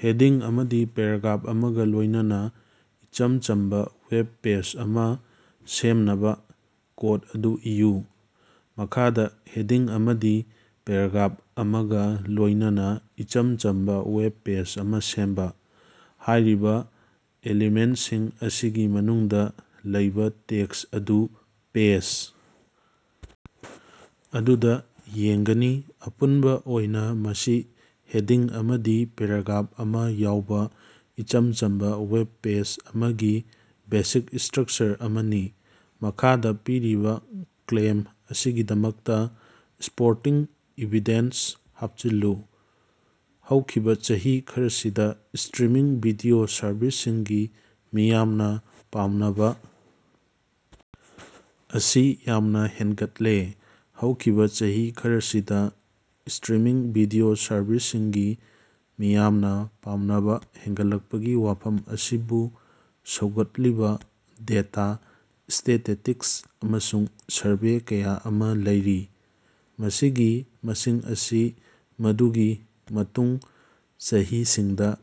Heading ꯑꯃꯗꯤ paragraph ꯑꯃꯒ ꯂꯣꯏꯅꯅ ꯏꯆꯝ ꯆꯝꯕ ꯋꯦꯕ ꯄꯦꯖ ꯑꯃ ꯁꯦꯝꯅꯕ ꯀꯣꯗ ꯑꯗꯨ ꯏꯌꯨ꯫ ꯃꯈꯥꯗ ꯍꯦꯗꯤꯡ ꯑꯃꯗꯤ ꯄꯦꯔꯥꯒ꯭ꯔꯥꯐ ꯑꯃꯒ ꯂꯣꯏꯅꯅ ꯏꯆꯝ ꯆꯝꯕ ꯋꯦꯕꯄꯦꯖ ꯑꯃ ꯁꯦꯝꯕ꯫ ꯍꯥꯏꯔꯤꯕ ꯑꯦꯂꯤꯃꯦꯟꯠꯁꯤꯡ ꯑꯁꯤꯒꯤ ꯃꯅꯨꯡꯗ ꯂꯩꯕ ꯇꯦꯛꯁ ꯑꯗꯨ ꯄꯦꯖ ꯑꯗꯨꯗ ꯌꯦꯡꯒꯅꯤ꯫ ꯑꯄꯨꯟꯕ ꯑꯣꯏꯅ, ꯃꯁꯤ ꯍꯦꯗꯤꯡ ꯑꯃꯗꯤ ꯄꯦꯔꯥꯒ꯭ꯔꯥꯐ ꯑꯃ ꯌꯥꯎꯕ ꯏꯆꯝ ꯆꯝꯕ ꯋꯦꯕ ꯄꯦꯖ ꯑꯃꯒꯤ ꯕꯦꯁꯤꯛ ꯁ꯭ꯇꯔꯛꯆꯔ ꯑꯃꯅꯤ꯫ ꯃꯈꯥꯗ ꯄꯤꯔꯤꯕ ꯀ꯭ꯂꯦꯝ ꯑꯁꯤꯒꯤꯗꯃꯛꯇ ꯁꯄꯣꯔꯇꯤꯡ ꯏꯚꯤꯗꯦꯟꯁ ꯍꯥꯞꯆꯤꯜꯂꯨ꯫ ꯍꯧꯈꯤꯕ ꯆꯍꯤ ꯈꯔꯁꯤꯗ ꯁ꯭ꯇꯔꯤꯃꯤꯡ ꯚꯤꯗꯤꯑꯣ ꯁꯔꯚꯤꯁꯁꯤꯡꯒꯤ ꯃꯤꯌꯥꯝꯅ ꯄꯥꯝꯅꯕ ꯑꯁꯤ ꯌꯥꯝꯅ ꯍꯦꯟꯒꯠꯂꯦ꯫ ꯍꯧꯈꯤꯕ ꯆꯍꯤ ꯈꯔꯁꯤꯗ ꯁ꯭ꯇꯔꯤꯃꯤꯡ ꯚꯤꯗꯤꯑꯣ ꯁꯔꯚꯤꯁꯁꯤꯡꯒꯤ ꯃꯤꯌꯥꯝꯅ ꯄꯥꯝꯅꯕ ꯍꯦꯟꯒꯠꯂꯛꯄꯒꯤ ꯋꯥꯐꯝ ꯑꯁꯤꯕꯨ ꯁꯧꯒꯠꯂꯤꯕ ꯗꯦꯇꯥ, ꯁ꯭ꯇꯦꯇꯤꯁ꯭ꯇꯤꯛꯁ ꯑꯃꯁꯨꯡ ꯁꯔꯚꯦ ꯀꯌꯥ ꯑꯃ ꯂꯩꯔꯤ꯫ ꯃꯁꯤꯒꯤ ꯃꯁꯤꯡ ꯑꯁꯤ ꯃꯗꯨꯒꯤ ꯃꯇꯨꯡ ꯆꯍꯤꯁꯤꯡꯗ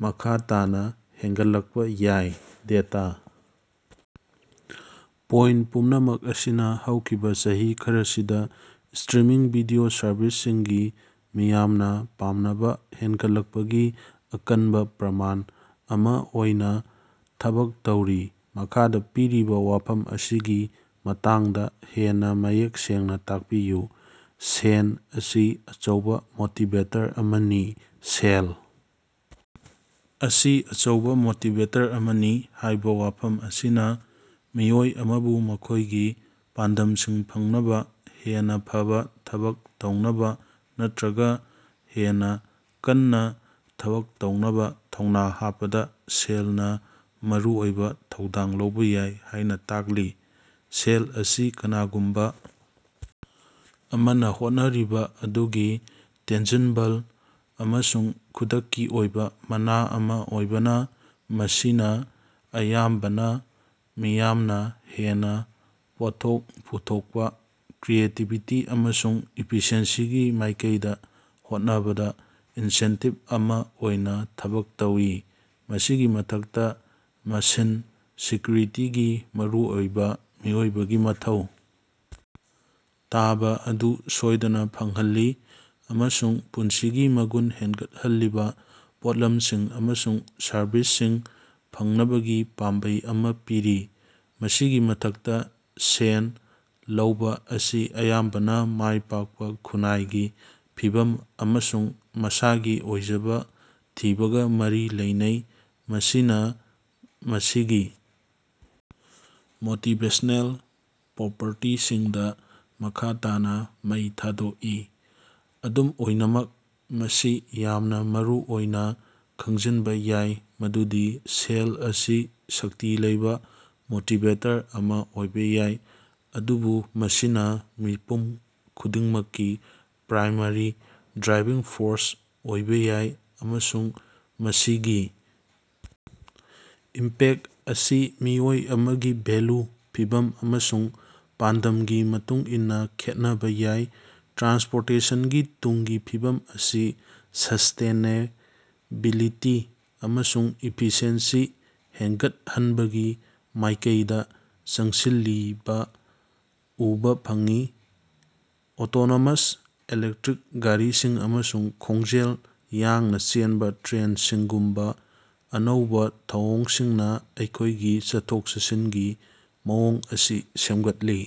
ꯃꯈꯥ ꯇꯥꯅ ꯍꯦꯟꯒꯠꯂꯛꯄ ꯌꯥꯏ꯫ ꯗꯦꯇꯥ ꯄꯣꯏꯟꯠ ꯄꯨꯝꯅꯃꯛ ꯑꯁꯤꯅ ꯍꯧꯈꯤꯕ ꯆꯍꯤ ꯈꯔꯁꯤꯗ ꯁ꯭ꯇꯔꯤꯃꯤꯡ ꯚꯤꯗꯤꯑꯣ ꯁꯔꯚꯤꯁꯁꯤꯡꯒꯤ ꯃꯤꯌꯥꯝꯅ ꯄꯥꯝꯅꯕ ꯍꯦꯟꯒꯠꯂꯛꯄꯒꯤ ꯑꯀꯟꯕ ꯄ꯭ꯔꯃꯥꯟ ꯑꯃ ꯑꯣꯏꯅ ꯊꯕꯛ ꯇꯧꯔꯤ꯫ ꯃꯈꯥꯗ ꯄꯤꯔꯤꯕ ꯋꯥꯐꯝ ꯑꯁꯤꯒꯤ ꯃꯇꯥꯡꯗ ꯍꯦꯟꯅ ꯃꯌꯦꯛ ꯁꯦꯡꯅ ꯇꯥꯛꯄꯤꯌꯨ꯫ ꯁꯦꯟ ꯑꯁꯤ ꯑꯆꯧꯕ ꯃꯣꯇꯤꯕꯦꯇꯔ ꯑꯃꯅꯤ꯫ "ꯁꯦꯜ ꯑꯁꯤ ꯑꯆꯧꯕ ꯃꯣꯇꯤꯕꯦꯇꯔ ꯑꯃꯅꯤ" ꯍꯥꯏꯕ ꯋꯥꯐꯝ ꯑꯁꯤꯅ ꯃꯤꯑꯣꯏ ꯑꯃꯕꯨ ꯃꯈꯣꯏꯒꯤ ꯄꯥꯟꯗꯝꯁꯤꯡ ꯐꯪꯅꯕ, ꯍꯦꯟꯅ ꯐꯕ ꯊꯕꯛ ꯇꯧꯅꯕ ꯅꯠꯇ꯭ꯔꯒ ꯍꯦꯟꯅ ꯀꯟꯅ ꯊꯕꯛ ꯇꯧꯅꯕ ꯊꯧꯅꯥ ꯍꯥꯞꯄꯗ ꯁꯦꯜꯅ ꯃꯔꯨꯑꯣꯏꯕ ꯊꯧꯗꯥꯡ ꯂꯧꯕ ꯌꯥꯏ ꯍꯥꯏꯅ ꯇꯥꯛꯂꯤ꯫ ꯁꯦꯜ ꯑꯁꯤ ꯀꯅꯥꯒꯨꯝꯕ ꯑꯃꯅ ꯍꯣꯠꯅꯔꯤꯕ ꯑꯗꯨꯒꯤ ꯇꯦꯟꯖꯤꯕꯜ ꯑꯃꯁꯨꯡ ꯈꯨꯗꯛꯀꯤ ꯑꯣꯏꯕ ꯃꯅꯥ ꯑꯃ ꯑꯣꯏꯕꯅ, ꯃꯁꯤꯅ ꯑꯌꯥꯝꯕꯅ ꯃꯤꯌꯥꯝꯅ ꯍꯦꯟꯅ ꯄꯣꯠꯊꯣꯛ ꯄꯨꯊꯣꯛꯄ, ꯀ꯭ꯔꯤꯌꯦꯇꯤꯕꯤꯇꯤ ꯑꯃꯁꯨꯡ ꯏꯐꯤꯁꯤꯑꯦꯟꯁꯤꯒꯤ ꯃꯥꯏꯀꯩꯗ ꯍꯣꯠꯅꯕꯗ ꯏꯟꯁꯦꯟꯇꯤꯕ ꯑꯃ ꯑꯣꯏꯅ ꯊꯕꯛ ꯇꯧꯏ꯫ ꯃꯁꯤꯒꯤ ꯃꯊꯛꯇ, ꯃꯁꯤꯅ ꯁꯦꯀ꯭ꯌꯨꯔꯤꯇꯤꯒꯤ ꯃꯔꯨꯑꯣꯏꯕ ꯃꯤꯑꯣꯏꯕꯒꯤ ꯃꯊꯧ ꯇꯥꯕ ꯑꯗꯨ ꯁꯣꯏꯗꯅ ꯐꯪꯍꯜꯂꯤ ꯑꯃꯁꯨꯡ ꯄꯨꯟꯁꯤꯒꯤ ꯃꯒꯨꯟ ꯍꯦꯟꯒꯠꯍꯜꯂꯤꯕ ꯄꯣꯠꯂꯝꯁꯤꯡ ꯑꯃꯁꯨꯡ ꯁꯔꯕꯤꯁꯁꯤꯡ ꯐꯪꯅꯕꯒꯤ ꯄꯥꯝꯕꯩ ꯑꯃ ꯄꯤꯔꯤ꯫ ꯃꯁꯤꯒꯤ ꯃꯊꯛꯇ, ꯁꯦꯟ ꯂꯧꯕ ꯑꯁꯤ ꯑꯌꯥꯝꯕꯅ ꯃꯥꯏ ꯄꯥꯛꯄ, ꯈꯨꯟꯅꯥꯏꯒꯤ ꯐꯤꯚꯝ, ꯑꯃꯁꯨꯡ ꯃꯁꯥꯒꯤ ꯑꯣꯏꯖꯕ ꯊꯤꯕꯒ ꯃꯔꯤ ꯂꯩꯅꯩ, ꯃꯁꯤꯅ ꯃꯁꯤꯒꯤ ꯃꯣꯇꯤꯕꯦꯁꯅꯦꯜ ꯄ꯭ꯔꯣꯄꯔꯇꯤꯁꯤꯡꯗ ꯃꯈꯥ ꯇꯥꯅ ꯃꯩ ꯊꯥꯗꯣꯛꯏ꯫ ꯑꯗꯨꯝ ꯑꯣꯏꯅꯃꯛ, ꯃꯁꯤ ꯌꯥꯝꯅ ꯃꯔꯨꯑꯣꯏꯅ ꯈꯪꯖꯤꯟꯕ ꯌꯥꯏ ꯃꯗꯨꯗꯤ ꯁꯦꯜ ꯑꯁꯤ ꯁꯛꯇꯤ ꯂꯩꯕ ꯃꯣꯇꯤꯕꯦꯇꯔ ꯑꯃ ꯑꯣꯏꯕ ꯌꯥꯏ, ꯑꯗꯨꯕꯨ ꯃꯁꯤꯅ ꯃꯤꯄꯨꯝ ꯈꯨꯗꯤꯡꯃꯛꯀꯤ ꯄ꯭ꯔꯥꯏꯃꯥꯔꯤ ꯗ꯭ꯔꯥꯏꯚꯤꯡ ꯐꯣꯔꯁ ꯑꯣꯏꯕ ꯌꯥꯏ, ꯑꯃꯁꯨꯡ ꯃꯁꯤꯒꯤ ꯏꯝꯄꯦꯛ ꯑꯁꯤ ꯃꯤꯑꯣꯏ ꯑꯃꯒꯤ ꯚꯦꯜꯌꯨ, ꯐꯤꯚꯝ ꯑꯃꯁꯨꯡ ꯄꯥꯟꯗꯝꯒꯤ ꯃꯇꯨꯡꯏꯟꯅ ꯈꯦꯠꯅꯕ ꯌꯥꯏ꯫ ꯇ꯭ꯔꯥꯟꯁꯄꯣꯔꯇꯦꯁꯟꯒꯤ ꯇꯨꯡꯒꯤ ꯐꯤꯕꯝ ꯑꯁꯤ ꯁ꯭ꯁꯇꯦꯅꯦꯕꯤꯂꯤꯇꯤ ꯑꯃꯁꯨꯡ ꯏꯐꯤꯁꯤꯑꯦꯟꯁꯤ ꯍꯦꯟꯒꯠꯍꯟꯕꯒꯤ ꯃꯥꯏꯀꯩꯗ ꯆꯪꯁꯤꯜꯂꯤꯕ ꯎꯕ ꯐꯪꯏ, ꯑꯣꯇꯣꯅꯣꯃꯁ ꯏꯂꯦꯛꯇ꯭ꯔꯤꯛ ꯒꯥꯔꯤꯁꯤꯡ ꯑꯃꯁꯨꯡ ꯈꯣꯡꯖꯦꯜ ꯌꯥꯡꯅ ꯆꯦꯟꯕ ꯇ꯭ꯔꯦꯟꯁꯤꯡꯒꯨꯝꯕ ꯑꯅꯧꯕ ꯊꯧꯑꯣꯡꯁꯤꯡꯅ ꯑꯩꯈꯣꯏꯒꯤ ꯆꯠꯊꯣꯛ-ꯆꯠꯁꯤꯟꯒꯤ ꯃꯑꯣꯡ ꯑꯁꯤ ꯁꯦꯝꯒꯠꯂꯤ꯫